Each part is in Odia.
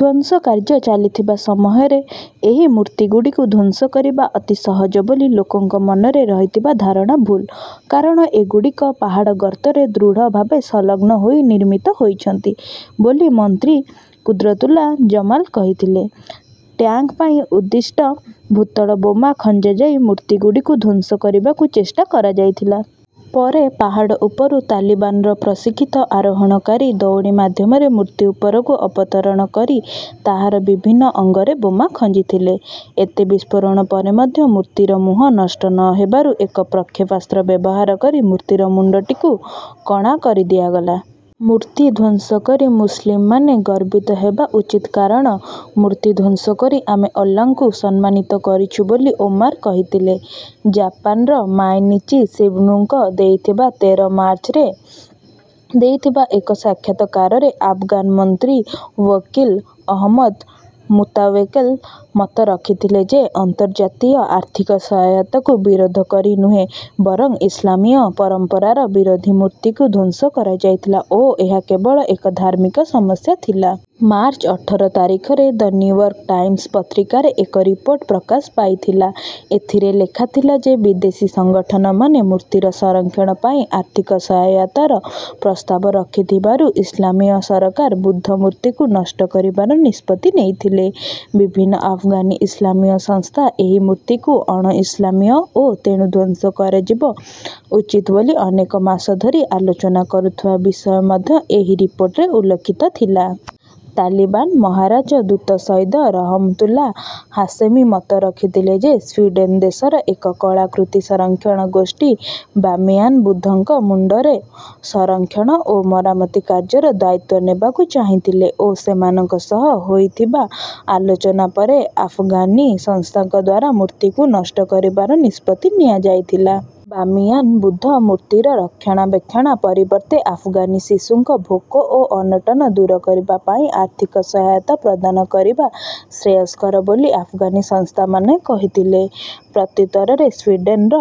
ଧ୍ୱଂସ କାର୍ଯ୍ୟ ଚାଲିଥିବା ସମୟରେ ଏହି ମୂର୍ତ୍ତିଗୁଡ଼ିକୁ ଧ୍ୱଂସ କରିବା ଅତି ସହଜ ବୋଲି ଲୋକଙ୍କ ମନରେ ରହିଥିବା ଧାରଣା ଭୁଲ, କାରଣ ଏଗୁଡ଼ିକ ପାହାଡ଼ ଗର୍ତ୍ତରେ ଦୃଢ଼ ଭାବେ ସଂଲଗ୍ନ ହୋଇ ନିର୍ମିତ ହୋଇଛନ୍ତି ବୋଲି ମନ୍ତ୍ରୀ କୁଦ୍ରତୁଲ୍ଲା ଜମାଲ୍ କହିଥିଲେ। ଟ୍ୟାଂକ୍ ପାଇଁ ଉଦ୍ଦିଷ୍ଟ ଭୂତଳ ବୋମା ଖଞ୍ଜାଯାଇ ମୂର୍ତ୍ତିଗୁଡ଼ିକୁ ଧ୍ୱଂସ କରିବାକୁ ଚେଷ୍ଟା କରାଯାଇଥିଲା। ପରେ ପାହାଡ଼ ଉପରୁ ତାଲିବାନର ପ୍ରଶିକ୍ଷିତ ଆରୋହଣକାରୀ ଦଉଡ଼ି ମାଧ୍ୟମରେ ମୂର୍ତ୍ତି ଉପରକୁ ଅବତରଣ କରି ତାହାର ବିଭିନ୍ନ ଅଙ୍ଗରେ ବୋମା ଖଞ୍ଜିଥିଲେ। ଏତେ ବିସ୍ଫୋରଣ ପରେ ମଧ୍ୟ ମୂର୍ତ୍ତିର ମୁହଁ ନଷ୍ଟ ନ ହେବାରୁ ଏକ ପ୍ରକ୍ଷେପାସ୍ତ୍ର ବ୍ୟବହାର କରି ମୂର୍ତ୍ତିର ମୁଣ୍ଡଟିକୁ କଣା କରିଦିଆଗଲା। ମୂର୍ତ୍ତି ଧ୍ୱଂସ କରି ମୁସ୍ଲିମ୍ମାନେ ଗର୍ବିତ ହେବା ଉଚିତ୍ କାରଣ ମୂର୍ତ୍ତି ଧ୍ୱଂସକରି ଆମେ ଅଲ୍ଲାଙ୍କୁ ସମ୍ମାନିତ କରିଛୁ ବୋଲି ଓମାର୍ କହିଥିଲେ। ଜାପାନର ମାଇନିଚି ଶିଂବୁନ୍ଙ୍କୁ ଦେଇଥିବା ତେର ମାର୍ଚ୍ଚରେ ଦେଇଥିବା ଏକ ସାକ୍ଷାତକାରରେ ଆଫଗାନ ମନ୍ତ୍ରୀ ୱକିଲ୍ ଅହମଦ୍ ମୁତାୱକେଲ୍ ମତ ରଖିଥିଲେ ଯେ ଅନ୍ତର୍ଜାତୀୟ ଆର୍ଥିକ ସହାୟତାକୁ ବିରୋଧ କରି ନୁହେଁ ବରଂ ଇସ୍ଲାମୀୟ ପରମ୍ପରାର ବିରୋଧୀ ମୂର୍ତ୍ତିକୁ ଧ୍ୱଂସ କରାଯାଇଥିଲା ଓ ଏହା କେବଳ ଏକ ଧାର୍ମିକ ସମସ୍ୟା ଥିଲା। ମାର୍ଚ୍ଚ ଅଠର ତାରିଖରେ ଦ ନ୍ୟୁୟର୍କ୍ ଟାଇମ୍ସ ପତ୍ରିକାରେ ଏକ ରିପୋର୍ଟ ପ୍ରକାଶ ପାଇଥିଲା। ଏଥିରେ ଲେଖାଥିଲା ଯେ ବିଦେଶୀ ସଂଗଠନମାନେ ମୂର୍ତ୍ତିର ସଂରକ୍ଷଣ ପାଇଁ ଆର୍ଥିକ ସହାୟତାର ପ୍ରସ୍ତାବ ରଖିଥିବାରୁ ଇସ୍ଲାମୀୟ ସରକାର ବୁଦ୍ଧ ମୂର୍ତ୍ତିକୁ ନଷ୍ଟ କରିବାର ନିଷ୍ପତ୍ତି ନେଇଥିଲେ। ବିଭିନ୍ନ ଆଫଗାନି ଇସ୍ଲାମୀୟ ସଂସ୍ଥା ଏହି ମୂର୍ତ୍ତିକୁ ଅଣ-ଇସ୍ଲାମୀୟ ଓ ତେଣୁ ଧ୍ୱଂସ କରାଯିବା ଉଚିତ ବୋଲି ଅନେକ ମାସ ଧରି ଆଲୋଚନା କରୁଥିବା ବିଷୟ ମଧ୍ୟ ଏହି ରିପୋର୍ଟରେ ଉଲ୍ଲିଖିତ ଥିଲା। ତାଲିବାନ୍ ମହାରାଜଦୂତ ସୈଦ ରହମତୁଲ୍ଲା ହାଶେମି ମତ ରଖିଥିଲେ ଯେ ସ୍ୱିଡେନ୍ ଦେଶର ଏକ କଳାକୃତି ସଂରକ୍ଷଣ ଗୋଷ୍ଠୀ ବାମିୟାନ୍ ବୁଦ୍ଧଙ୍କ ମୁଣ୍ଡର ସଂରକ୍ଷଣ ଓ ମରାମତି କାର୍ଯ୍ୟର ଦାୟିତ୍ତ୍ୱ ନେବାକୁ ଚାହିଁଥିଲେ ଓ ସେମାନଙ୍କ ସହ ହୋଇଥିବା ଆଲୋଚନା ପରେ ଆଫଗାନି ସଂସ୍ଥାଙ୍କଦ୍ୱାରା ମୂର୍ତ୍ତିକୁ ନଷ୍ଟ କରିବାର ନିଷ୍ପତ୍ତି ନିଆଯାଇଥିଲା। ବାମିୟାନ୍ ବୁଦ୍ଧ ମୂର୍ତ୍ତିର ରକ୍ଷଣାବେକ୍ଷଣ ପରିବର୍ତ୍ତେ ଆଫଗାନି ଶିଶୁଙ୍କ ଭୋକ ଓ ଅନଟନ ଦୂର କରିବା ପାଇଁ ଆର୍ଥିକ ସହାୟତା ପ୍ରଦାନ କରିବା ଶ୍ରେୟସ୍କର ବୋଲି ଆଫଗାନି ସଂସ୍ଥାମାନେ କହିଥିଲେ। ପ୍ରତ୍ୟୁତ୍ତରରେ ସ୍ୱିଡେନ୍ର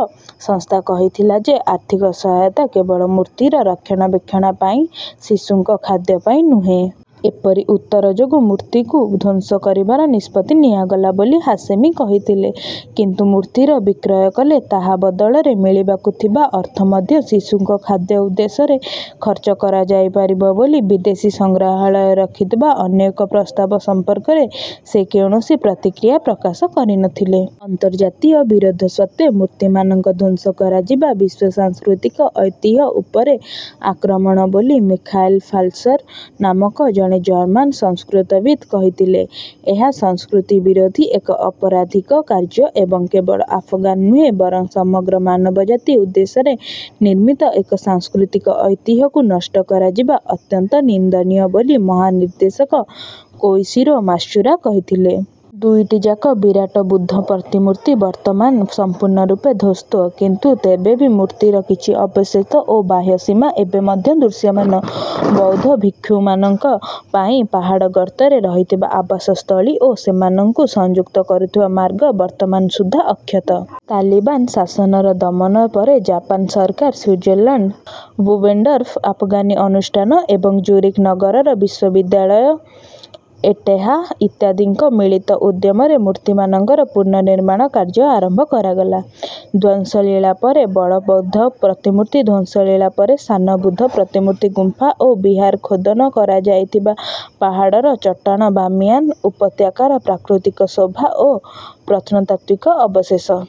ସଂସ୍ଥା କହିଥିଲା ଯେ ଆର୍ଥିକ ସହାୟତା କେବଳ ମୂର୍ତ୍ତିର ରକ୍ଷଣାବେକ୍ଷଣ ପାଇଁ, ଶିଶୁଙ୍କ ଖାଦ୍ୟ ପାଇଁ ନୁହେଁ। ଏପରି ଉତ୍ତର ଯୋଗୁଁ ମୂର୍ତ୍ତିକୁ ଧ୍ୱଂସ କରିବାର ନିଷ୍ପତ୍ତି ନିଆଗଲା ବୋଲି ହାଶେମି କହିଥିଲେ। କିନ୍ତୁ ମୂର୍ତ୍ତିର ବିକ୍ରୟ କଲେ ତାହା ବଦଳରେ ମିଳିବାକୁ ଥିବା ଅର୍ଥ ମଧ୍ୟ ଶିଶୁଙ୍କ ଖାଦ୍ୟ ଉଦ୍ଦେଶ୍ୟରେ ଖର୍ଚ୍ଚ କରାଯାଇପାରିବ ବୋଲି ବିଦେଶୀ ସଂଗ୍ରହାଳୟ ରଖିଥିବା ଅନ୍ୟ ଏକ ପ୍ରସ୍ତାବ ସମ୍ପର୍କରେ ସେ କୌଣସି ପ୍ରତିକ୍ରିୟା ପ୍ରକାଶ କରିନଥିଲେ। ଅନ୍ତର୍ଜାତୀୟ ବିରୋଧ ସତ୍ତ୍ୱେ ମୂର୍ତ୍ତିମାନଙ୍କ ଧ୍ୱଂସ କରାଯିବା ବିଶ୍ୱ ସାଂସ୍କୃତିକ ଐତିହ୍ୟ ଉପରେ ଆକ୍ରମଣ ବୋଲି ମିଖାଏଲ୍ ଫାଲ୍ସର୍ ନାମକ ଜଣେ ଜର୍ମାନ ସଂସ୍କୃତିବିତ୍ କହିଥିଲେ। ଏହା ସଂସ୍କୃତି ବିରୋଧୀ ଏକ ଅପରାଧିକ କାର୍ଯ୍ୟ ଏବଂ କେବଳ ଆଫଗାନ ନୁହେଁ ବରଂ ସମଗ୍ର ମାନବ ଜାତି ଉଦ୍ଦେଶ୍ୟରେ ନିର୍ମିତ ଏକ ସାଂସ୍କୃତିକ ଐତିହ୍ୟକୁ ନଷ୍ଟ କରାଯିବା ଅତ୍ୟନ୍ତ ନିନ୍ଦନୀୟ ବୋଲି ମହାନିର୍ଦ୍ଦେଶକ କୋଇଶିରୋ ମାତ୍ସୁରା କହିଥିଲେ। ଦୁଇଟି ଯାକ ବିରାଟ ବୁଦ୍ଧ ପ୍ରତିମୂର୍ତ୍ତି ବର୍ତ୍ତମାନ ସମ୍ପୂର୍ଣ୍ଣ ରୂପେ ଧ୍ୱସ୍ତ କିନ୍ତୁ ତେବେ ବି ମୂର୍ତ୍ତିର କିଛି ଅବଶେଷ ଓ ବାହ୍ୟ ସୀମା ଏବେ ମଧ୍ୟ ଦୃଶ୍ୟମାନ। ବୌଦ୍ଧ ଭିକ୍ଷୁମାନଙ୍କ ପାଇଁ ପାହାଡ଼ ଗର୍ତ୍ତରେ ରହିଥିବା ଆବାସ ସ୍ଥଳୀ ଓ ସେମାନଙ୍କୁ ସଂଯୁକ୍ତ କରୁଥିବା ମାର୍ଗ ବର୍ତ୍ତମାନ ସୁଦ୍ଧା ଅକ୍ଷତ। ତାଲିବାନ୍ ଶାସନର ଦମନ ପରେ ଜାପାନ ସରକାର, ସ୍ୱିଜରଲ୍ୟାଣ୍ଡର ବୁବେନ୍ଡର୍ଫ୍ ଆଫଗାନି ଅନୁଷ୍ଠାନ ଏବଂ ଜୁରିକ୍ ନଗରର ବିଶ୍ୱବିଦ୍ୟାଳୟ ଏଟେହା ଇତ୍ୟାଦିଙ୍କ ମିଳିତ ଉଦ୍ୟମରେ ମୂର୍ତ୍ତିମାନଙ୍କ ପୁନଃନିର୍ମାଣ କାର୍ଯ୍ୟ ଆରମ୍ଭ କରାଗଲା। ଧ୍ୱଂସ ଲୀଳା ପରେ ବଡ଼ ବୁଦ୍ଧ ପ୍ରତିମୂର୍ତ୍ତି ଧ୍ୱଂସ ଲୀଳା ପରେ ସାନ ବୁଦ୍ଧ ପ୍ରତିମୂର୍ତ୍ତି ଗୁମ୍ଫା ଓ ବିହାର ଖୋଦନ କରାଯାଇଥିବା ପାହାଡ଼ର ଚଟ୍ଟାଣ ବାମିୟାନ୍ ଉପତ୍ୟକାର ପ୍ରାକୃତିକ ଶୋଭା ଓ ପ୍ରତ୍ନତାତ୍ତ୍ୱିକ ଅବଶେଷ।